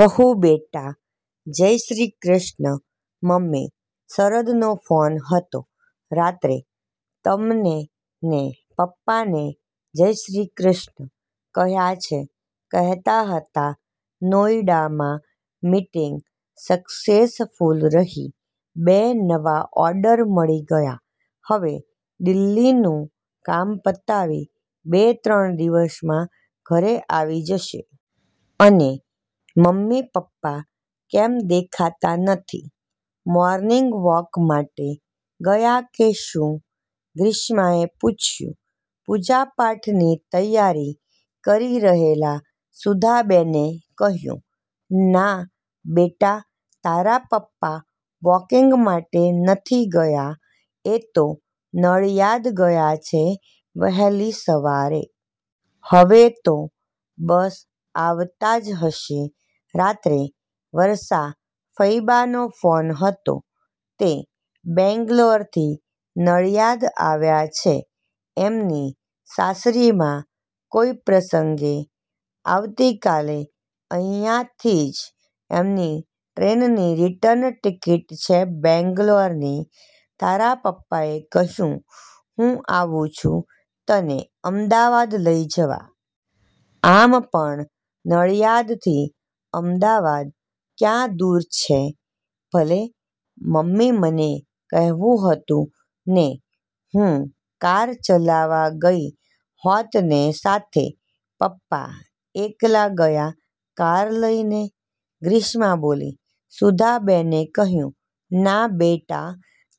વહુબેટા; "જય શ્રી કૃષ્ણ મમ્મી, શરદનો ફોન હતો રાત્રે, તમને ને પપ્પાને જય શ્રી કૃષ્ણ કહ્યાં છે. કહેતા હતા નોઇડામા મિટીંગ સક્સેસફૂલ રહી. બે નવા ઓર્ડર મળી ગયા, હવે દિલ્હીનું કામ પતાવી બે ત્રણ દિવસમાં ઘરે આવી જશે. અને મમ્મી, પપ્પા કેમ દેખાતા નથી? મોર્નિંગવોક માટે ગયા કે શું?" ગ્રીષ્માએ પુછ્યું. પુજાપાઠની તૈયારી કરી રહેલા સુધાબેને કહ્યું,"ના બેટા તારા પપ્પા વોકિંગ માટે નથી ગયા, એ તો નડિયાદ ગયા છે વહેલી સવારે. હવે તો બસ આવતા જ હશે. રાત્રે વર્ષા ફઇબાનો ફોન હતો. તે બેંગ્લોરથી નડિયાદ આવ્યા છે. એમની સાસરીમા કોઇ પ્રસંગે, આવતી કાલે અહીંયાથી જ એમની ટ્રેનની રીટર્ન ટિકિટ છે બેંગ્લોરની. તારા પપ્પાએ કહ્યું હું આવું છું તને અમદાવાદ લઈ જવા. આમ પણ નડિયાદ થી અમદાવાદ ક્યાં દુર છે?" "ભલે મમ્મી મને કહેવું હતું ને હું કાર ચલાવા ગઇ હોતને સાથે, પપ્પા એકલા ગયા કાર લઈને?" ગ્રીષ્મા બોલી. સુધાબેને કહ્યું,"ના બેટા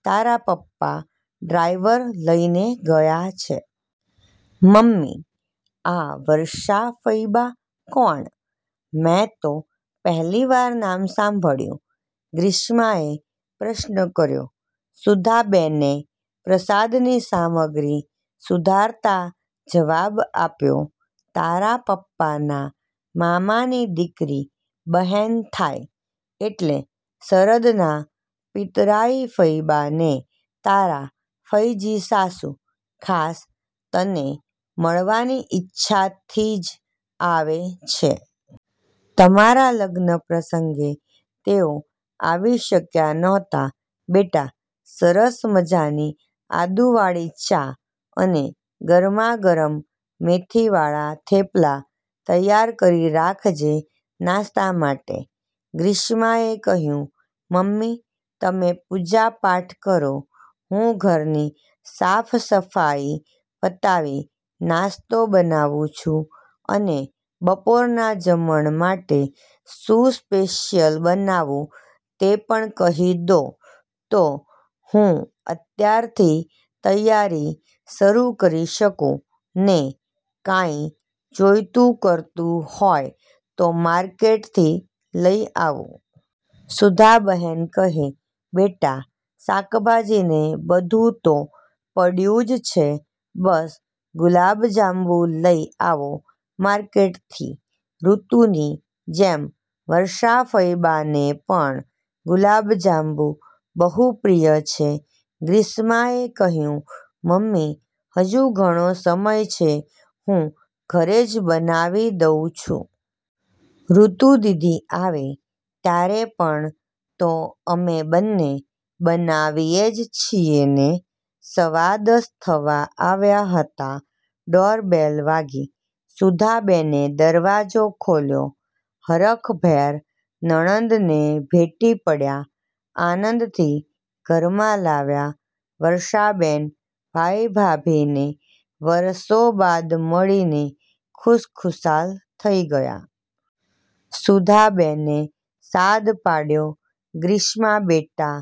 તારા પપ્પા ડ્રાઇવર લઇને ગયા છે." "મમ્મી આ વર્ષા ફઇબા કોણ? મેં તો પહેલીવાર નામ સાંભળ્યુ." ગ્રીષ્માએ પ્રશ્ન કર્યો. સુધાબેને પ્રસાદની સામગ્રી સુધારતા જવાબ આપ્યો, "તારા પપ્પાના મામાની દીકરી, બહેન થાય. એટલે શરદના પિતરાઈ ફઇબા ને તારા ફઇજી સાસુ, ખાસ તને મળવાની ઇચ્છાથી જ આવે છે. તમારા લગ્નપ્રસંગે તેઓ આવી શક્યા નહોતા. બેટા સરસ મજાની આદુવાળી ચા અને ગરમાગરમ મેથીવાળા થેપલા તૈયાર કરી રાખજે નાસ્તા માટે." ગ્રીષ્મા એ કહ્યુ,"મમ્મી તમે પુજાપાઠ કરો, હું ઘરની સાફસફાઈ પતાવી નાસ્તો બનાવું છું, અને બપોરના જમણ માટે શું સ્પેશિયલ બનાવું તે પણ કહી દો તો હું અત્યારથી તૈયારી શરૂ કરી શકું, ને કાંઈ જોઇતું કરતું હોય તો માર્કેટથી લઇ આવું." સુધાબહેન કહે,"બેટા શાકભાજી ને બધું તો પડ્યું જ છે. બસ ગુલાબજાંબુ લઇ આવો માર્કેટથી, ૠતુની જેમ વર્ષાફઇબાને પણ ગુલાબજાંબુ બહુ પ્રિય છે." ગ્રીષ્માએ કહ્યુ,"મમ્મી હજુ ઘણો સમય છે. હું ઘરે જ બનાવી દઉં છું. ૠતુદીદી આવે ત્યારે પણ તો અમે બંને બનાવીએ જ છીએને." સવા દશ થવા આવ્યા હતા, ડોરબેલ વાગી. સુધાબેને દરવાજો ખોલ્યો, હરખભેર નણંદને ભેટી પડ્યા. આનંદથી ઘરમાં લાવ્યા. વર્ષાબેન ભાઈ-ભાભીને વરસો બાદ મળીને ખુશખુશાલ થઈ ગયા. સુધાબેને સાદ પાડ્યો,"ગ્રીષ્માબેટા,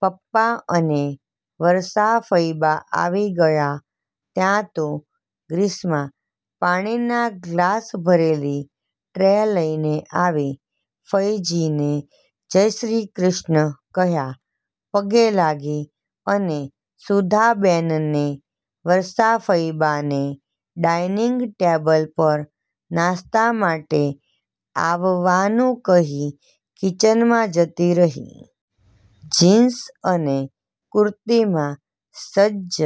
પપ્પા અને વર્ષાફઇબા આવી ગયા." ત્યાં તો ગ્રીષ્મા પાણીના ગ્લાસ ભરેલી ટ્રે લઇને આવી, ફઇજીને 'જયશ્રીકૃષ્ણ' કહ્યા, પગે લાગી અને સુધાબેનને, વર્ષાફઇબાને ડાઇનિંગ ટેબલ પર નાસ્તા માટે આવવાનું કહી કિચનમા જતી રહી. જીન્સ અને કુર્તીમા સજજ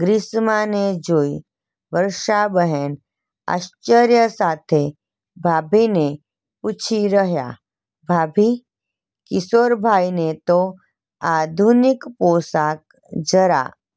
ગ્રીષ્માને જોઈ વર્ષાબેન આશ્ચર્ય સાથે ભાભીને પુછી રહ્યા,"ભાભી કિશોરભાઈને તો આધુનિક પોશાક જરા